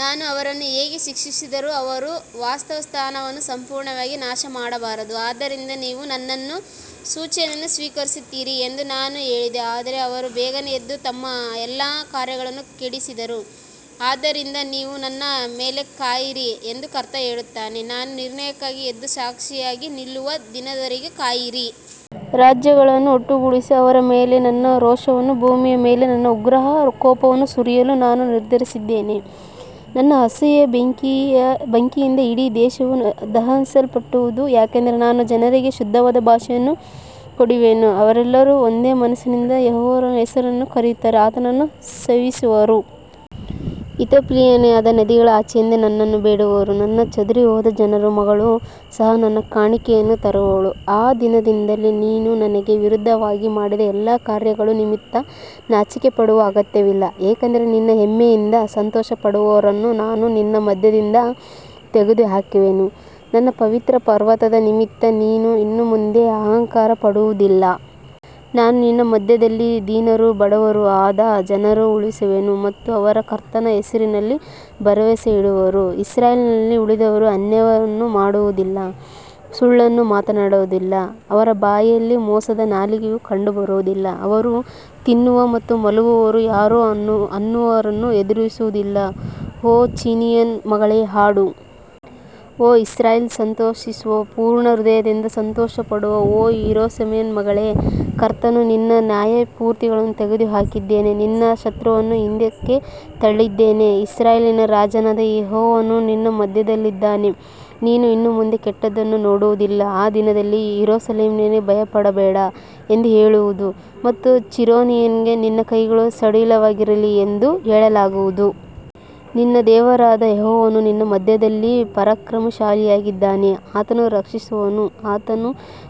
ನಾನು ಅವರನ್ನು ಹೇಗೆ ಶಿಕ್ಷಿಸಿದರೂ ಅವರ ವಾಸಸ್ಥಾನವನ್ನು ಸಂಪೂರ್ಣವಾಗಿ ನಾಶಮಾಡಬಾರದು. ಆದ್ದರಿಂದ ನೀವು ನನ್ನ ಸೂಚನೆಯನ್ನು ಸ್ವೀಕರಿಸುತ್ತೀರಿ ಎಂದು ನಾನು ಹೇಳಿದೆ. ಆದರೆ ಅವರು ಬೇಗನೆ ಎದ್ದು ತಮ್ಮ ಎಲ್ಲಾ ಕಾರ್ಯಗಳನ್ನು ಕೆಡಿಸಿದರು. ಆದ್ದರಿಂದ ನೀವು ನನ್ನ ಮೇಲೆ ಕಾಯಿರಿ ಎಂದು ಕರ್ತನು ಹೇಳುತ್ತಾನೆ. ನಾನು ನಿರ್ಣಯಕ್ಕಾಗಿ ಎದ್ದು ಸಾಕ್ಷಿಯಾಗಿ ನಿಲ್ಲುವ ದಿನದವರೆಗೆ ಕಾಯಿರಿ. ರಾಜ್ಯಗಳನ್ನು ಒಟ್ಟುಗೂಡಿಸಿ, ಅವರ ಮೇಲೆ ನನ್ನ ರೋಷವನ್ನೂ ಭೂಮಿಯ ಮೇಲಿನ ನನ್ನ ಉಗ್ರ ಕೋಪವನ್ನೂ ಸುರಿಯಲು ನಾನು ನಿರ್ಧರಿಸಿದ್ದೇನೆ. ನನ್ನ ಅಸೂಯೆಯ ಬೆಂಕಿಯಿಂದ ಇಡೀ ದೇಶವು ದಹಿಸಲ್ಪಡುವುದು. ಯಾಕಂದರೆ ನಾನು ಜನರಿಗೆ ಶುದ್ಧವಾದ ಭಾಷೆಯನ್ನು ಕೊಡುವೆನು, ಅವರೆಲ್ಲರೂ ಒಂದೇ ಮನಸ್ಸಿನಿಂದ ಯೆಹೋವನ ಹೆಸರನ್ನು ಕರೆಯುತ್ತಾ ಆತನನ್ನು ಸೇವಿಸುವರು. ಇಥಿಯೋಪಿಯಾದ ನದಿಗಳ ಆಚೆಯಿಂದ ನನ್ನನ್ನು ಬೇಡುವವರು, ನನ್ನ ಚದುರಿಹೋದ ಜನರ ಮಗಳು ಸಹ, ನನ್ನ ಕಾಣಿಕೆಯನ್ನು ತರುವಳು. ಆ ದಿನದಲ್ಲಿ ನೀನು ನನಗೆ ವಿರುದ್ಧವಾಗಿ ಮಾಡಿದ ಎಲ್ಲಾ ಕಾರ್ಯಗಳ ನಿಮಿತ್ತ ನಾಚಿಕೆಪಡುವ ಅಗತ್ಯವಿಲ್ಲ, ಏಕೆಂದರೆ ನಿನ್ನ ಹೆಮ್ಮೆಯಿಂದ ಸಂತೋಷಪಡುವವರನ್ನು ನಾನು ನಿನ್ನ ಮಧ್ಯದಿಂದ ತೆಗೆದುಹಾಕುವೆನು. ನನ್ನ ಪವಿತ್ರ ಪರ್ವತದ ನಿಮಿತ್ತ ನೀನು ಇನ್ನು ಮುಂದೆ ಅಹಂಕಾರಪಡುವುದಿಲ್ಲ. ನಾನು ನಿನ್ನ ಮಧ್ಯದಲ್ಲಿ ದೀನರೂ ಬಡವರೂ ಆದ ಜನರನ್ನು ಉಳಿಸುವೆನು ಮತ್ತು ಅವರು ಕರ್ತನ ಹೆಸರಿನಲ್ಲಿ ಭರವಸೆಯಿಡುವರು. ಇಸ್ರಾಯೇಲಿನಲ್ಲಿ ಉಳಿದವರು ಅನ್ಯಾಯವನ್ನು ಮಾಡುವುದಿಲ್ಲ, ಸುಳ್ಳನ್ನು ಮಾತನಾಡುವುದಿಲ್ಲ, ಅವರ ಬಾಯಿಯಲ್ಲಿ ಮೋಸದ ನಾಲಿಗೆಯು ಕಂಡುಬರುವುದಿಲ್ಲ. ಅವರು ತಿನ್ನುವರು ಮತ್ತು ಮಲಗುವರು, ಯಾರೂ ಅವರನ್ನು ಹೆದರಿಸುವುದಿಲ್ಲ. ಓ ಚೀಯೋನ್ ಮಗಳೇ, ಹಾಡು. ಓ ಇಸ್ರಾಯೇಲೇ, ಸಂತೋಷಿಸು. ಪೂರ್ಣ ಹೃದಯದಿಂದ ಸಂತೋಷಪಡು, ಓ ಯೆರೂಸಲೇಮಿನ ಮಗಳೇ. ಕರ್ತನು ನಿನ್ನ ನ್ಯಾಯತೀರ್ಪುಗಳನ್ನು ತೆಗೆದುಹಾಕಿದ್ದಾನೆ, ನಿನ್ನ ಶತ್ರುವನ್ನು ಹಿಂದಕ್ಕೆ ತಳ್ಳಿದ್ದಾನೆ. ಇಸ್ರಾಯೇಲಿನ ರಾಜನಾದ ಯೆಹೋವನು ನಿನ್ನ ಮಧ್ಯದಲ್ಲಿದ್ದಾನೆ, ನೀನು ಇನ್ನು ಮುಂದೆ ಕೆಟ್ಟದ್ದನ್ನು ನೋಡುವುದಿಲ್ಲ. ಆ ದಿನದಲ್ಲಿ ಯೆರೂಸಲೇಮಿಗೆ, ಭಯಪಡಬೇಡ ಎಂದು ಹೇಳಲಾಗುವುದು ಮತ್ತು ಚೀಯೋನಿಗೆ, ನಿನ್ನ ಕೈಗಳು ಸಡಿಲವಾಗದಿರಲಿ ಎಂದು ಹೇಳಲಾಗುವುದು. ನಿನ್ನ ದೇವರಾದ ಯೆಹೋವನು ನಿನ್ನ ಮಧ್ಯದಲ್ಲಿ ಪರಾಕ್ರಮಶಾಲಿಯಾಗಿದ್ದಾನೆ. ಆತನು ರಕ್ಷಿಸುವನು. ಆತನು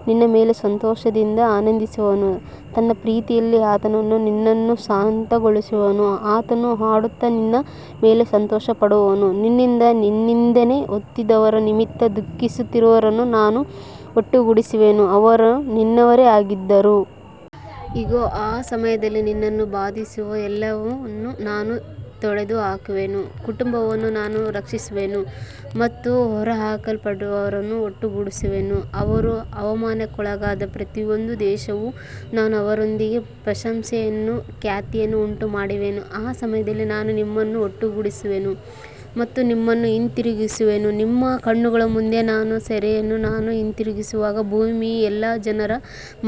ನಿನ್ನ ಮೇಲೆ ಸಂತೋಷದಿಂದ ಆನಂದಿಸುವನು. ತನ್ನ ಪ್ರೀತಿಯಲ್ಲಿ ಆತನು ನಿನ್ನನ್ನು ಶಾಂತಿಗೊಳಿಸುವನು. ಆತನು ಹಾಡುತ್ತಾ ನಿನ್ನ ಮೇಲೆ ಸಂತೋಷಪಡುವನು. ನಿನ್ನಿಂದ ನಿಂದೆಯನ್ನು ಹೊತ್ತಿದ್ದವರ ನಿಮಿತ್ತ ದುಃಖಿಸುತ್ತಿದ್ದವರನ್ನು ನಾನು ಒಟ್ಟುಗೂಡಿಸುವೆನು, ಅವರು ನಿನ್ನವರೇ ಆಗಿದ್ದರು. ಇಗೋ, ಆ ಸಮಯದಲ್ಲಿ ನಿನ್ನನ್ನು ಬಾಧಿಸುವ ಎಲ್ಲವನ್ನೂ ನಾನು ತೊಡೆದುಹಾಕುವೆನು. ಕುಂಟನನ್ನು ನಾನು ರಕ್ಷಿಸುವೆನು ಮತ್ತು ಹೊರಹಾಕಲ್ಪಟ್ಟವರನ್ನು ಒಟ್ಟುಗೂಡಿಸುವೆನು. ಅವರು ಅವಮಾನಕ್ಕೊಳಗಾದ ಪ್ರತಿಯೊಂದು ದೇಶದಲ್ಲಿಯೂ ನಾನು ಅವರಿಗೆ ಪ್ರಶಂಸೆಯನ್ನೂ ಖ್ಯಾತಿಯನ್ನೂ ಉಂಟುಮಾಡುವೆನು. ಆ ಸಮಯದಲ್ಲಿ ನಾನು ನಿಮ್ಮನ್ನು ಒಟ್ಟುಗೂಡಿಸುವೆನು ಮತ್ತು ನಿಮ್ಮನ್ನು ಹಿಂದಿರುಗಿಸುವೆನು. ನಿಮ್ಮ ಕಣ್ಣುಗಳ ಮುಂದೆ ನಿಮ್ಮ ಸೆರೆಯನ್ನು ನಾನು ಹಿಂದಿರುಗಿಸುವಾಗ, ಭೂಮಿಯ ಎಲ್ಲಾ ಜನರ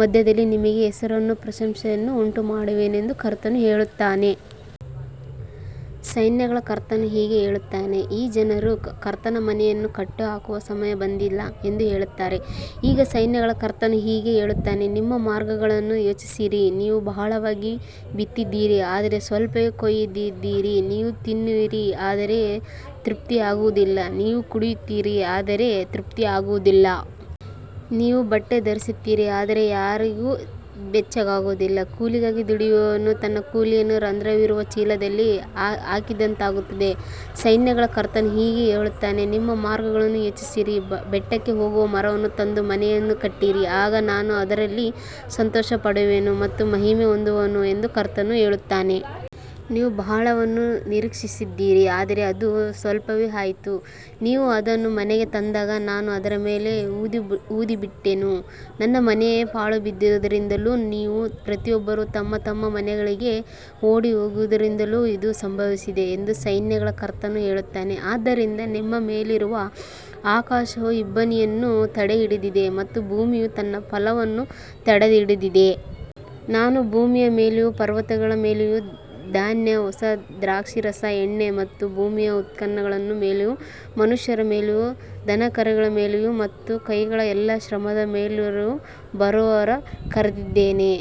ಮಧ್ಯದಲ್ಲಿ ನಿಮಗೆ ಹೆಸರನ್ನೂ ಪ್ರಶಂಸೆಯನ್ನೂ ಉಂಟುಮಾಡುವೆನು ಎಂದು ಕರ್ತನು ಹೇಳುತ್ತಾನೆ. ಸೈನ್ಯಗಳ ಕರ್ತನು ಹೀಗೆ ಹೇಳುತ್ತಾನೆ, ಈ ಜನರು ಕರ್ತನ ಮನೆಯನ್ನು ಕಟ್ಟುವ ಸಮಯ ಬಂದಿಲ್ಲ ಎಂದು ಹೇಳುತ್ತಾರೆ. ಈಗ ಸೈನ್ಯಗಳ ಕರ್ತನು ಹೀಗೆ ಹೇಳುತ್ತಾನೆ, ನಿಮ್ಮ ಮಾರ್ಗಗಳನ್ನು ಯೋಚಿಸಿರಿ. ನೀವು ಬಹಳವಾಗಿ ಬಿತ್ತಿದ್ದೀರಿ, ಆದರೆ ಸ್ವಲ್ಪವೇ ಕೊಯ್ದಿದ್ದೀರಿ. ನೀವು ತಿನ್ನುತ್ತೀರಿ, ಆದರೆ ತೃಪ್ತರಾಗುವುದಿಲ್ಲ. ನೀವು ಕುಡಿಯುತ್ತೀರಿ, ಆದರೆ ತೃಪ್ತಿಯಾಗುವುದಿಲ್ಲ. ನೀವು ಬಟ್ಟೆ ಧರಿಸುತ್ತೀರಿ, ಆದರೆ ಯಾರಿಗೂ ಬೆಚ್ಚಗಾಗುವುದಿಲ್ಲ. ಕೂಲಿಗಾಗಿ ದುಡಿಯುವವನು ತನ್ನ ಕೂಲಿಯನ್ನು ರಂಧ್ರವಿರುವ ಚೀಲದಲ್ಲಿ ಹಾಕಿದಂತಾಗುತ್ತದೆ. ಸೈನ್ಯಗಳ ಕರ್ತನು ಹೀಗೆ ಹೇಳುತ್ತಾನೆ, ನಿಮ್ಮ ಮಾರ್ಗಗಳನ್ನು ಯೋಚಿಸಿರಿ. ಬೆಟ್ಟಕ್ಕೆ ಹೋಗಿ ಮರವನ್ನು ತಂದು ಮನೆಯನ್ನು ಕಟ್ಟಿರಿ. ಆಗ ನಾನು ಅದರಲ್ಲಿ ಸಂತೋಷಪಡುವೆನು ಮತ್ತು ಮಹಿಮೆ ಹೊಂದುವೆನು ಎಂದು ಕರ್ತನು ಹೇಳುತ್ತಾನೆ. ನೀವು ಬಹಳವನ್ನು ನಿರೀಕ್ಷಿಸಿದ್ದೀರಿ, ಆದರೆ ಅದು ಸ್ವಲ್ಪವೇ ಆಯಿತು. ನೀವು ಅದನ್ನು ಮನೆಗೆ ತಂದಾಗ ನಾನು ಅದರ ಮೇಲೆ ಊದಿಬಿಟ್ಟೆನು. ನನ್ನ ಮನೆ ಪಾಳುಬಿದ್ದಿರುವುದರಿಂದಲೂ ನೀವು ಪ್ರತಿಯೊಬ್ಬರೂ ತಮ್ಮ ತಮ್ಮ ಮನೆಗಳಿಗೆ ಓಡಿಹೋಗಿರುವುದರಿಂದಲೂ ಇದು ಸಂಭವಿಸಿದೆ ಎಂದು ಸೈನ್ಯಗಳ ಕರ್ತನು ಹೇಳುತ್ತಾನೆ. ಆದ್ದರಿಂದ ನಿಮ್ಮ ಮೇಲಿರುವ ಆಕಾಶವು ಇಬ್ಬನಿಯನ್ನು ತಡೆಹಿಡಿದಿದೆ ಮತ್ತು ಭೂಮಿಯು ತನ್ನ ಫಲವನ್ನು ತಡೆಹಿಡಿದಿದೆ. ನಾನು ಭೂಮಿಯ ಮೇಲೆಯೂ ಪರ್ವತಗಳ ಮೇಲೆಯೂ ಧಾನ್ಯ, ಹೊಸ ದ್ರಾಕ್ಷಾರಸ, ಎಣ್ಣೆ ಮತ್ತು ಭೂಮಿಯ ಉತ್ಪನ್ನಗಳ ಮೇಲೆಯೂ, ಮನುಷ್ಯರ ಮೇಲೆಯೂ ದನಕರುಗಳ ಮೇಲೆಯೂ ಮತ್ತು ಕೈಗಳ ಎಲ್ಲಾ ಶ್ರಮದ ಮೇಲೆಯೂ ಬರವನ್ನು ಕರೆದಿದ್ದೇನೆ.